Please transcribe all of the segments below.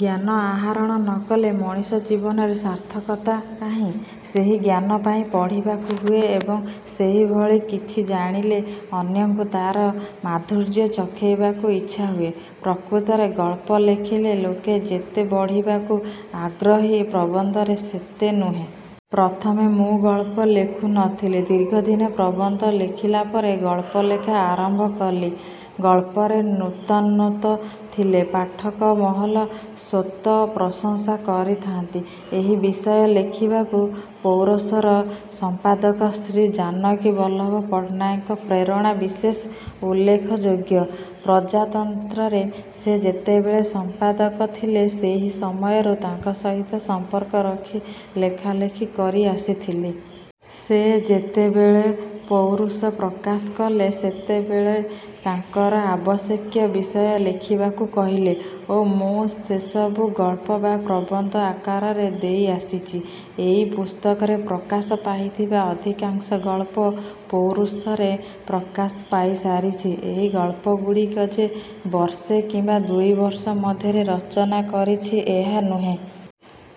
ଜ୍ଞାନ ଆହାରଣ ନ କଲେ ମଣିଷ ଜୀବନର ସାର୍ଥକତା କାହିଁ? ସେହି ଜ୍ଞାନ ପାଇଁ ପଢ଼ିବାକୁ ହୁଏ ଏବଂ ସେହିଭଳି କିଛି ଜାଣିଲେ ଅନ୍ୟଙ୍କୁ ତାର ମାଧୁର୍ଯ୍ୟ ଚଖେଇବାକୁ ଇଚ୍ଛା ହୁଏ। ପ୍ରକୃତରେ ଗଳ୍ପ ଲେଖିଲେ ଲୋକେ ଯେତେ ପଢ଼ିବାକୁ ଆଗ୍ରହୀ ପ୍ରବନ୍ଧରେ ସେତେ ନୁହେଁ। ପ୍ରଥମେ ମୁଁ ଗଳ୍ପ ଲେଖୁ ନଥିଲି। ଦୀର୍ଘଦିନ ପ୍ରବନ୍ଧ ଲେଖିଲା ପରେ ଗଳ୍ପଲେଖା ଆରମ୍ଭ କଲି। ଗଳ୍ପରେ ନୂତନତ୍ୱ ଥିଲେ ପାଠକମହଲ ସ୍ୱତଃ ପ୍ରଶଂସା କରିଥାନ୍ତି। ଏହି ବିଷୟ ଲେଖିବାକୁ ପୌରୁଷର ସମ୍ପାଦକ ଶ୍ରୀ ଜାନକୀ ବଲ୍ଲଭ ପଟ୍ଟନାୟକଙ୍କ ପ୍ରେରଣା ବିଶେଷ ଉଲ୍ଲେଖଯୋଗ୍ୟ। ପ୍ରଜାତନ୍ତ୍ରରେ ସେ ଯେତେବେଳେ ସମ୍ପାଦକ ଥିଲେ ସେହି ସମୟରୁ ତାଙ୍କ ସହିତ ସମ୍ପର୍କ ରଖି ଲେଖାଲେଖି କରି ଆସିଥିଲି। ସେ ଯେତେବେଳେ 'ପୌରୁଷ' ପ୍ରକାଶ କଲେ ସେତେବେଳେ ତାଙ୍କର ଆବଶ୍ୟକୀୟ ବିଷୟ ଲେଖିବାକୁ କହିଲେ ଓ ମୁଁ ସେସବୁ ଗଳ୍ପ ବା ପ୍ରବନ୍ଧ ଆକାରରେ ଦେଇ ଆସିଛି। ଏହି ପୁସ୍ତକରେ ପ୍ରକାଶ ପାଇଥିବା ଅଧିକାଂଶ ଗଳ୍ପ ପୌରୁଷରେ ପ୍ରକାଶ ପାଇସାରିଛି। ଏହି ଗଳ୍ପଗୁଡ଼ିକ ଯେ ବର୍ଷେ କିମ୍ୱା ଦୁଇବର୍ଷ ମଧ୍ୟରେ ରଚନା କରିଛି ଏହା ନୁହେଁ।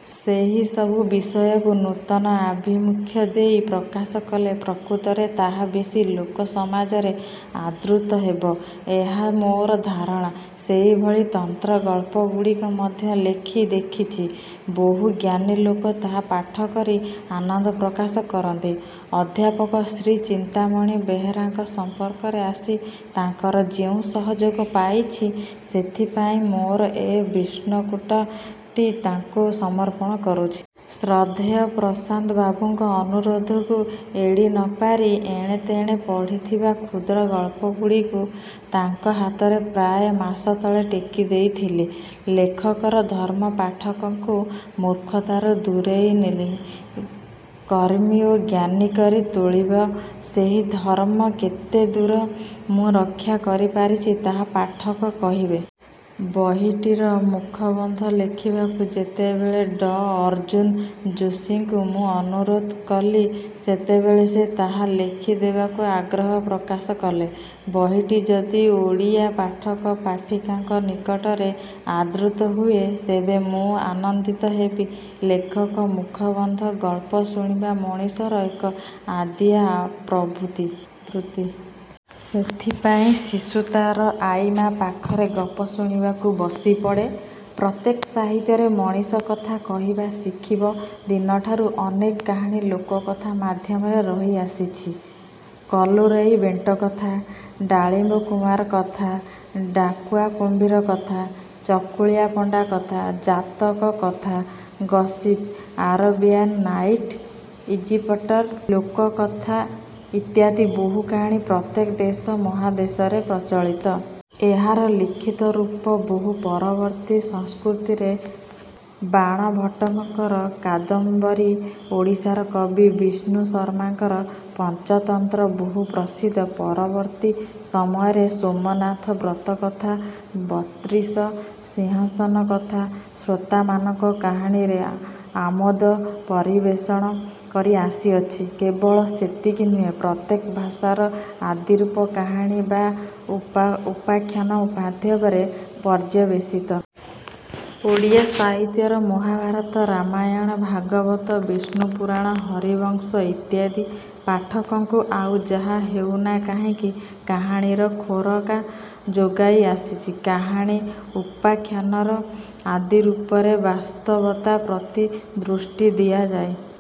ସେହି ସବୁ ବିଷୟକୁ ନୂତନ ଆଭିମୁଖ୍ୟ ଦେଇ ପ୍ରକାଶ କଲେ ପ୍ରକୃତରେ ତାହା ବେଶୀ ଲୋକସମାଜରେ ଆଦୃତ ହେବ ଏହା ମୋର ଧାରଣା। ସେହିଭଳି ତନ୍ତ୍ରଗଳ୍ପଗୁଡ଼ିକ ମଧ୍ୟ ଲେଖି ଦେଖିଛି ବହୁ ଜ୍ଞାନୀଲୋକ ତାହା ପାଠ କରି ଆନନ୍ଦ ପ୍ରକାଶ କରନ୍ତି। ଅଧ୍ୟାପକ ଶ୍ରୀ ଚିନ୍ତାମଣି ବେହେରାଙ୍କ ସମ୍ପର୍କରେ ଆସି ତାଙ୍କର ଯେଉଁ ସହଯୋଗ ପାଇଛି ସେଥିପାଇଁ ମୋର ଏହି 'ବିଷ୍ଣୁକୂଟ'ଟି ତାଙ୍କୁ ସମର୍ପଣ କରୁଛି। ଶ୍ରଦ୍ଧେୟ ପ୍ରଶାନ୍ତ ବାବୁଙ୍କ ଅନୁରୋଧକୁ ଏଡ଼ି ନପାରି ଏଣେତେଣେ ପଢ଼ିଥିବା କ୍ଷୁଦ୍ର ଗଳ୍ପଗୁଡ଼ିକୁ ତାଙ୍କ ହାତରେ ପ୍ରାୟ। ମାସ ତଳେ ଟେକି ଦେଇଥିଲି। ଲେଖକର ଧର୍ମ ପାଠକଙ୍କୁ ମୂର୍ଖତାରୁ ଦୂରେଇନେଇ କର୍ମୀ ଓ ଜ୍ଞାନୀକରି ତୋଳିବ। ସେହି ଧର୍ମ କେତେଦୂର ମୁଁ ରକ୍ଷା କରିପାରିଛି ତାହା ପାଠକ କହିବେ। ବହିଟିର ମୁଖବନ୍ଧ ଲେଖିବାକୁ ଯେତେବେଳେ ଡଃ ଅର୍ଜ୍ଜୁନ ଯୋଷୀଙ୍କୁ ମୁଁ ଅନୁରୋଧ କଲି ସେତେବେଳେ ସେ ତାହା ଲେଖି ଦେବାକୁ ଆଗ୍ରହ ପ୍ରକାଶ କଲେ। ବହିଟି ଯଦି ଓଡ଼ିଆ ପାଠକ ପାଠିକାଙ୍କ ନିକଟରେ ଆଦୃତ ହୁଏ ତେବେ ମୁଁ ଆନନ୍ଦିତ ହେବି। ଲେଖକ ମୁଖବନ୍ଧ ଗଳ୍ପ ଶୁଣିବା ମଣିଷର ଏକ ଆଦିଆ ପ୍ରବୃତ୍ତି। ସେଥିପାଇଁ ଶିଶୁ ତାର 'ଆଈମା' ପାଖରେ ଗପ ଶୁଣିବାକୁ ବସିପଡ଼େ। ପ୍ରତ୍ୟେକ ସାହିତ୍ୟରେ ମଣିଷ କଥା କହିବା ଶିଖିବ ଦିନଠାରୁ ଅନେକ କାହାଣୀ ଲୋକକଥା ମାଧ୍ୟମରେ ରହିଆସିଛି। କଲୁରେଇ ବେଣ୍ଟ କଥା, ଡାଳିମ୍ୱକୁମର କଥା, ଟାକୁଆ କୁମ୍ଭୀର କଥା, ଚକୁଳିଆ ପଣ୍ଡା କଥା, ଜାତକ କଥା, ଗସିପ, ଆରବୀୟାନ ନାଇଟ୍, ଇଜିପ୍ଟର ଲୋକ କଥା ଇତ୍ୟାଦି ବହୁ କାହାଣୀ ପ୍ରତ୍ୟେକ ଦେଶ ମହାଦେଶରେ ପ୍ରଚଳିତ। ଏହାର ଲିଖିତ ରୂପ ବହୁ ପରବର୍ତ୍ତୀ। ସଂସ୍କୃତରେ ବାଣଭଟ୍ଟଙ୍କର 'କାଦମ୍ୱରୀ', ଓଡ଼ିଶାର କବି ବିଷ୍ଣୁ ଶର୍ମାଙ୍କର 'ପଞ୍ଚତନ୍ତ୍ର' ବହୁ ପ୍ରସିଦ୍ଧ। ପରବର୍ତ୍ତୀ ସମୟରେ 'ସୋମନାଥ ବ୍ରତ କଥା', 'ବତ୍ରିଶ ସିଂହାସନ କଥା' ଶ୍ରୋତାମାନଙ୍କ କାହାଣୀର ଆମୋଦ ପରିବେଷଣ କରି ଆସିଅଛି। କେବଳ ସେତିକି ନୁହେଁ ପ୍ରତ୍ୟେକ ଭାଷାର ଆଦିରୂପ କାହାଣୀ ବା ଉପାଖ୍ୟାନ ମାଧ୍ୟମରେ ପର୍ଯ୍ୟବେଶିତ। ଓଡ଼ିଆ ସାହିତ୍ୟରେ ମହାଭାରତ, ରାମାୟଣ, ଭାଗବତ, ବିଷ୍ଣୁ ପୁରାଣ, ହରିବଂଶ ଇତ୍ୟାଦି ପାଠକଙ୍କୁ ଆଉ ଯାହା ହେଉନା କାହିଁକି କାହାଣୀର ଖୋରାକ ଯୋଗାଇ ଆସିଛି। କାହାଣୀ ଉପାଖ୍ୟାନର ଆଦି ରୂପରେ ବାସ୍ତବତା ପ୍ରତି ଦୃଷ୍ଟି ଦିଆଯାଇ